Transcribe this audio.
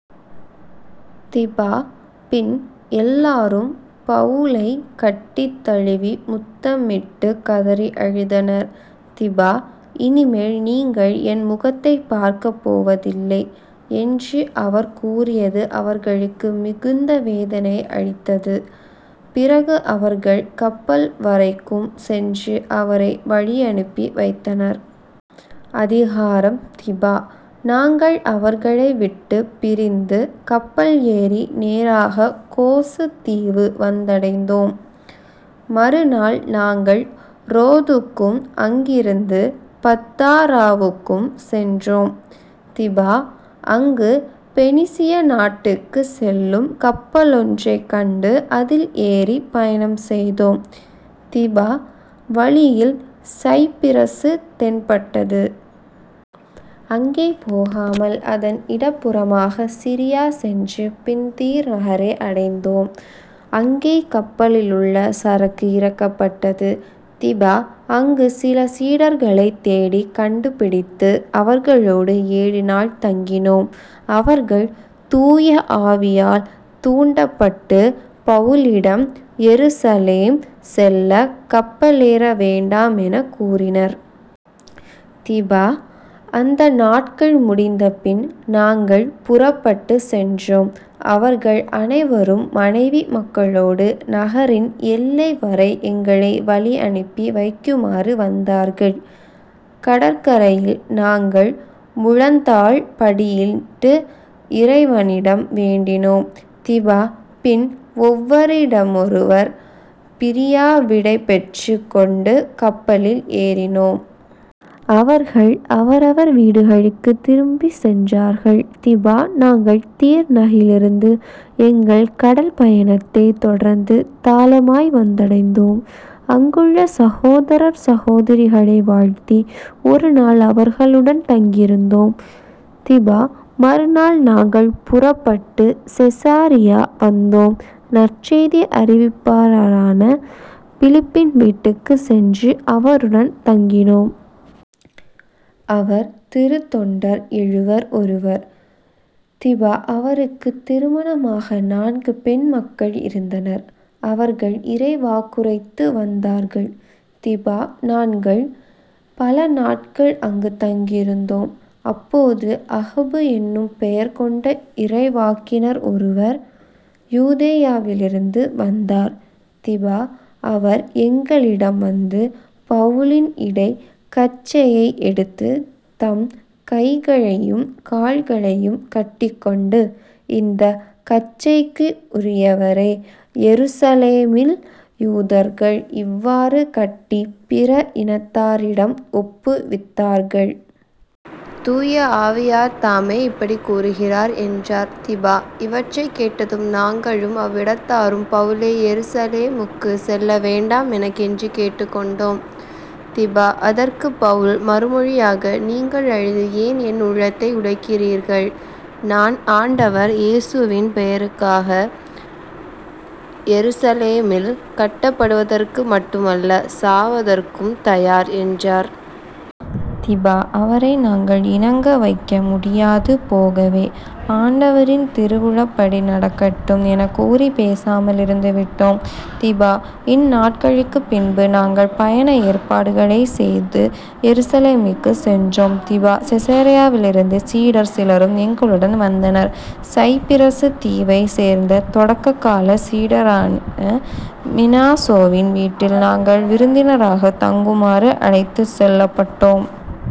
திப. பின் எல்லாரும் பவுலைக் கட்டித் தழுவி முத்தமிட்டுக் கதறி அழுதனர். திப. " இனி மேல் நீங்கள் என் முகத்தைப் பார்க்கப் போவதில்லை " என்று அவர் கூறியது அவர்களுக்கு மிகுந்த வேதனை அளித்தது. பிறகு அவர்கள் கப்பல்வரைக்கும் சென்று அவரை வழியனுப்பி வைத்தனர்.. அதிகாரம் திப. நாங்கள் அவர்களை விட்டுப் பிரிந்து கப்பல் ஏறி நேராகக் கோசு தீவு வந்தடைந்தோம். மறு நாள் நாங்கள் ரோதுக்கும் அங்கிருந்து பத்தாராவுக்கும் சென்றோம். திப. அங்கு பெனிசிய நாட்டுக்குச் செல்லும் கப்பலொன்றைக் கண்டு அதில் ஏறிப் பயணம் செய்தோம். திப. வழியில் சைப்பிரசு தென்பட்டது. அங்கே போகாமல் அதன் இடப் புறமாக சிரியா சென்று பின் தீர் நகரை அடைந்தோம். அங்கே கப்பலிலுள்ள சரக்கு இறக்கப்பட்டது. திப. அங்குச் சில சீடர்களைத் தேடிக் கண்டுபிடித்து அவர்களோடு ஏழு நாள் தங்கினோம். அவர்கள் தூய ஆவியால் தூண்டப்பட்டு பவுலிடம் எருசலேம் செல்லக் கப்பலேற வேண்டாமெனக் கூறினர். திப. அந்த நாள்கள் முடிந்தபின் நாங்கள் புறப்பட்டுச் சென்றோம். அவர்கள் அனைவரும் மனைவி மக்களோடு நகரின் எல்லை வரை எங்களை வழி அனுப்பி வைக்குமாறு வந்தார்கள். கடற்கரையில் நாங்கள் முழந்தாள் படியிட்டு இறைவனிடம் வேண்டினோம். திப. பின் ஒவ்வரிடமொருவர் பிரியா விடை பெற்றுக் கொண்டு கப்பலில் ஏறினோம். அவர்கள் அவரவர் வீடுகளுக்குத் திரும்பிச் சென்றார்கள். திப. நாங்கள் தீர் நகிலிருந்து எங்கள் கடல் பயணத்தைத் தொடர்ந்து தாலமாய் வந்தடைந்தோம். அங்குள்ள சகோதரர் சகோதரிகளை வாழ்த்தி ஒரு நாள் அவர்களுடன் தங்கியிருந்தோம். திப. மறுநாள் நாங்கள் புறப்பட்டுச் செசரியா வந்தோம். நற்செய்தி அறிவிப்பவரான பிலிப்பின் வீட்டுக்குச் சென்று அவருடன் தங்கினோம். அவர் திருத்தொண்டர் எழுவர் ஒருவர். திப. அவருக்குத் திருமணமாகா நான்கு பெண் மக்கள் இருந்தனர். அவர்கள் இறைவாக்குரைத்து வந்தார்கள். திப. நாங்கள் பல நாள்கள் அங்குத் தங்கியிருந்தோம். அப்போது அகபு என்னும் பெயர் கொண்ட இறைவாக்கினர் ஒருவர் யூதேயாவிலிருந்து வந்தார். திப. அவர் எங்களிடம் வந்து பவுலின் இடைக் கச்சையை எடுத்து தம் கைகளையும் கால்களையும் கட்டிக் கொண்டு " இந்தக் கச்சைக்குயுரியவரை எருசலேமில் யூதர்கள் இவ்வாறு கட்டிப் பிற இனத்தாரிடம் ஒப்புவித்தார்கள். தூய ஆவியார்தாமே இப்படிக் கூறுகிறார் " என்றார். திப. இவற்றைக் கேட்டதும் நாங்களும் அவ்விடத்தாரும் பவுலை எருசலேமுக்குச் செல்ல வேண்டாமெனக் கெஞ்சிக் கேட்டுக் கொண்டோ ம். திப. அதற்குப் பவுல் மறுமொழியாக " நீங்கள் அழுது ஏன் என் உள்ளத்தை உடைக்கிறீர்கள்? நான் ஆண்டவர் இயேசுவின் பெயருக்காக எருசலேமில் கட்டப்படுவதற்கு மட்டுமல்ல சாவதற்கும் தயார் " என்றார். திப. அவரை நாங்கள் இணங்க வைக்க முடியாது போகவே " ஆண்டவரின் திருவுளப்படி நடக்கட்டும் " எனக்கூறிப் பேசாமலிருந்து விட்டோ ம். திப. இந்நாள்களுக்குப் பின்பு நாங்கள் பயண ஏற்பாடுகளைச் செய்து எருசலேமுக்குச் சென்றோம். திப. செசரியாவிலிருந்து சீடர் சிலரும் எங்களுடன் வந்தனர். சைப்பிரசு தீவைச் சேர்ந்த தொடக்க காலச் சீடரான மினாசோவின் வீட்டில் நாங்கள் விருந்தினராகத் தங்குமாறு அழைத்துச் செல்லப்பட்டோ ம்.